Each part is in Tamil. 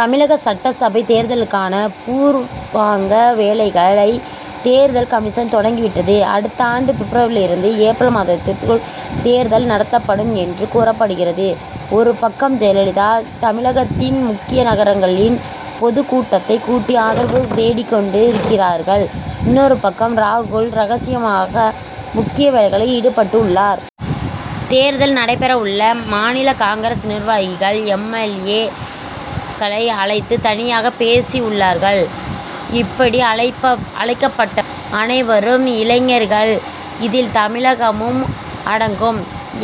தமிழக சட்டசபைத் தேர்தலுக்கான பூர்வாங்க வேலைகளை தேர்தல் கமிஷன் தொடங்கிவிட்டது. அடுத்த ஆண்டு பிப்ரவரியிலிருந்து, ஏப்ரல் மாதத்திற்குள் தேர்தல் நடத்தப்படும் என்று கூறப்படுகிறது. ஒரு பக்கம் ஜெயலலிதா தமிழகத்தின் முக்கிய நகரங்களில் பொதுக் கூட்டத்தைக் கூட்டி ஆதரவு தேடிக் கொண்டிருக்கிறார்கள். இன்னொரு பக்கம் ராகுல் ரகசியமாக முக்கிய வேலையில் ஈடுபட்டுள்ளார். தேர்தல் நடைபெறவுள்ள மாநில காங்கிரஸ் நிர்வாகிகள், எம். எல். ஏ.,க்களை அழைத்து தனியாக பேசியுள்ளார்கள். இப்படி அழைக்கப்பட்டவர்கள் அனைவரும் இளைஞர்கள். இதில் தமிழகமும் அடங்கும்.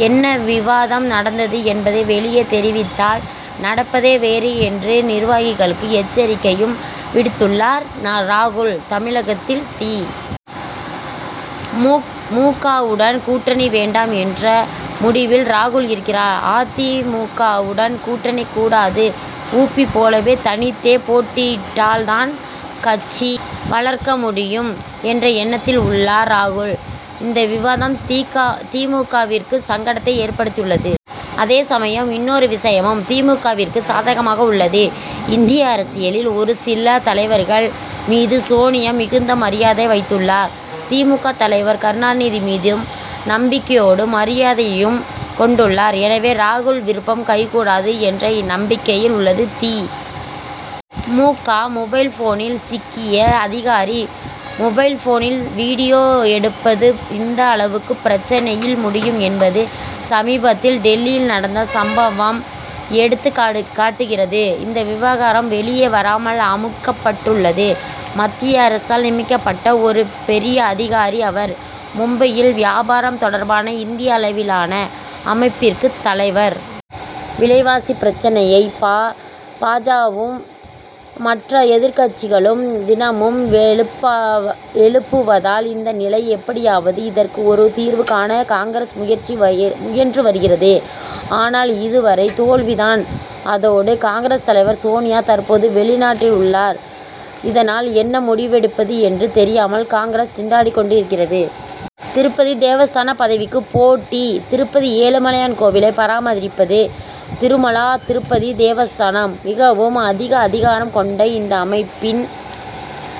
என்ன விவாதம் நடந்தது என்பதை வெளியே தெரிவித்தால், நடப்பதே வேறு என்று நிர்வாகிகளுக்கு எச்சரிக்கையையும் விடுத்துள்ளார் ராகுல். தமிழகத்தில் தி. மு. க.,வுடன் கூட்டணி வேண்டாம் என்ற முடிவில் ராகுல் இருக்கிறார். அ. தி. மு. க.,வுடனும் கூட்டணி கூடாது. உ. பி.போல தனித்தே போட்டியிட்டால் தான் கட்சியை வளர்க்க முடியும் என்ற எண்ணத்தில் உள்ளார் ராகுல். இந்த விவகாரம் தி. மு. க.விற்கு சங்கடத்தைக் ஏற்படுத்தியுள்ளது. அதே சமயம் இன்னொரு விஷயமும் தி. மு. க.விற்கு சாதகமாக உள்ளது. இந்திய அரசியலில் ஒரு சில தலைவர்கள் மீது சோனியா மிகுந்த மரியாதை வைத்துள்ளார். தி. மு. க., தலைவர் கருணாநிதி மீதும் நம்பிக்கையோடு மரியாதையையும் கொண்டுள்ளார். எனவே ராகுல் விருப்பம் கைகூடாது என்ற நம்பிக்கையில் உள்ளது தி. மு. க. மொபைல்போனில் சிக்கிய அதிகாரி: மொபைல்போனில் வீடியோ ம எடுப்பது எந்த அளவுக்கு பிரச்னையில் முடியும் என்பது சமீபத்தில் டில்லியில் நடந்த சம்பவம் எடுத்துக் காட்டுகிறது. இந்த விவகாரம் வெளியே வராமல் அமுக்கப்பட்டுள்ளது. மத்திய அரசால் நியமிக்கப்பட்ட ஒரு பெரிய அதிகாரி அவர். மும்பையில் வியாபாரம் தொடர்பான இந்திய அளவிலான அமைப்பிற்கு தலைவர். விலைவாசி பிரச்னையை பா. ஜ.வும் மற்ற எதிர்க்கட்சிகளும் தினமும் எழுப்புவதால் இந்த நிலை. எப்படியாவது இதற்கு ஒரு தீர்வு காண காங்கிரஸ் முயன்று வருகிறது. ஆனால் இதுவரை தோல்வி தான். அதோடு காங்கிரஸ் தலைவர் சோனியா தற்போது வெளிநாட்டில் உள்ளார். இதனால் என்ன முடிவெடுப்பது என்று தெரியாமல் காங்கிரஸ் திண்டாடிக் கொண்டிருக்கிறது. திருப்பதி தேவஸ்தான பதவிக்கு போட்டி: திருப்பதி ஏழுமலையான் கோவிலை பராமரிப்பது, திருமலா திருப்பதி தேவஸ்தானம். மிகவும் அதிக அதிகாரம் கொண்ட இந்த அமைப்பின்